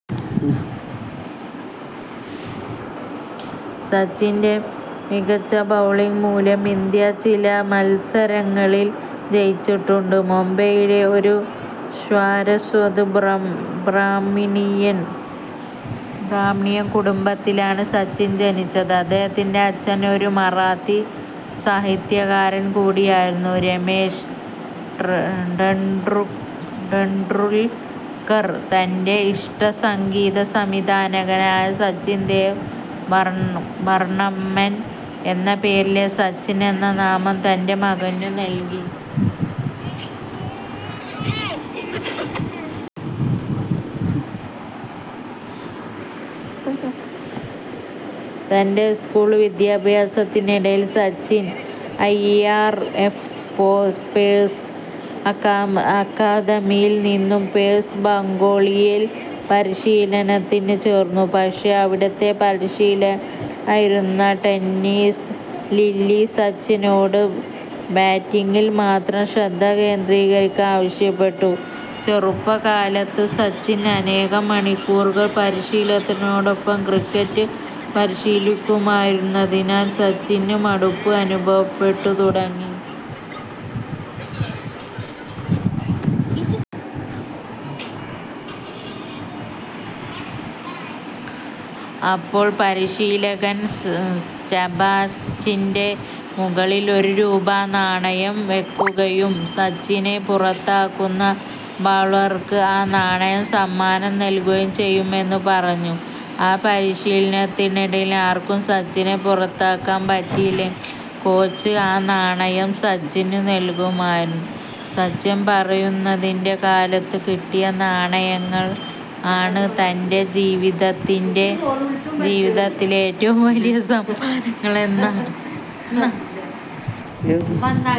സച്ചിന്റെ മികച്ച ബൗളിംഗ് മൂലം ഇന്ത്യ ചില മൽസരങ്ങളിൽ ജയിച്ചിട്ടുമുണ്ട്. മുംബൈയിലെ ഒരു സാരസ്വത് ബ്രാഹ്മിൺ കുടുംബത്തിലാണ് സച്ചിൻ ജനിച്ചത്. അദ്ദേഹത്തിന്റെ അച്ഛൻ ഒരു മറാത്തി സാഹിത്യകാരൻ കൂടിയായിരുന്ന രമേഷ് ടെണ്ടുൽക്കർ, തന്റെ ഇഷ്ട സംഗീത സംവിധായകനായ സച്ചിൻ ദേവ് ബർമ്മൻ എന്ന പേരിലെ സച്ചിൻ എന്ന നാമം തന്റെ മകനു നൽകി. തന്റെ സ്കൂൾ വിദ്യാഭ്യാസത്തിനിടയിൽ Sachin M. R. F. Pace അക്കാദമിയിൽ നിന്നും പേസ് ബൗളിംഗിൽ പരിശീലനത്തിന് ചേർന്നു. പക്ഷേ അവിടത്തെ പരിശീലകനായിരുന്ന ഡെന്നിസ് ലില്ലി, സച്ചിനോട് ബാറ്റിംഗിൽ മാത്രം ശ്രദ്ധ കേന്ദ്രീകരിക്കാൻ ആവശ്യപ്പെട്ടു. ചെറുപ്പ കാലത്ത് സച്ചിൻ അനേകം മണിക്കൂറുകൾ പരിശീലകനോടൊപ്പം ക്രിക്കറ്റ് പരിശീലിക്കുമായിരുന്നതിനാൽ സച്ചിന് മടുപ്പ് അനുഭവപ്പെട്ടു തുടങ്ങി. അപ്പോൾ പരിശീലകൻ സ്റ്റമ്പിന്റെ മുകളിൽ ഒരു രൂപ നാണയം വെയ്ക്കുകയും സച്ചിനെ പുറത്താക്കുന്ന ബൗളർക്ക് ആ നാണയം സമ്മാനം നൽകുകയും ചെയ്യുമെന്ന് പറഞ്ഞു. ആ പരിശീലനത്തിനിടയിൽ ആർക്കും സച്ചിനെ പുറത്താക്കാൻ പറ്റിയില്ലെങ്കിൽ കോച്ച് ആ നാണയം സച്ചിനും നൽകുമായിരുന്നു. സച്ചിൻ പറയുന്നത് അക്കാലത്ത് കിട്ടിയ നാണയങ്ങൾ ആണ് തന്റെ ജീവിതത്തിലെ ഏറ്റവും വലിയ സമ്മാനങ്ങൾ എന്നാണ്.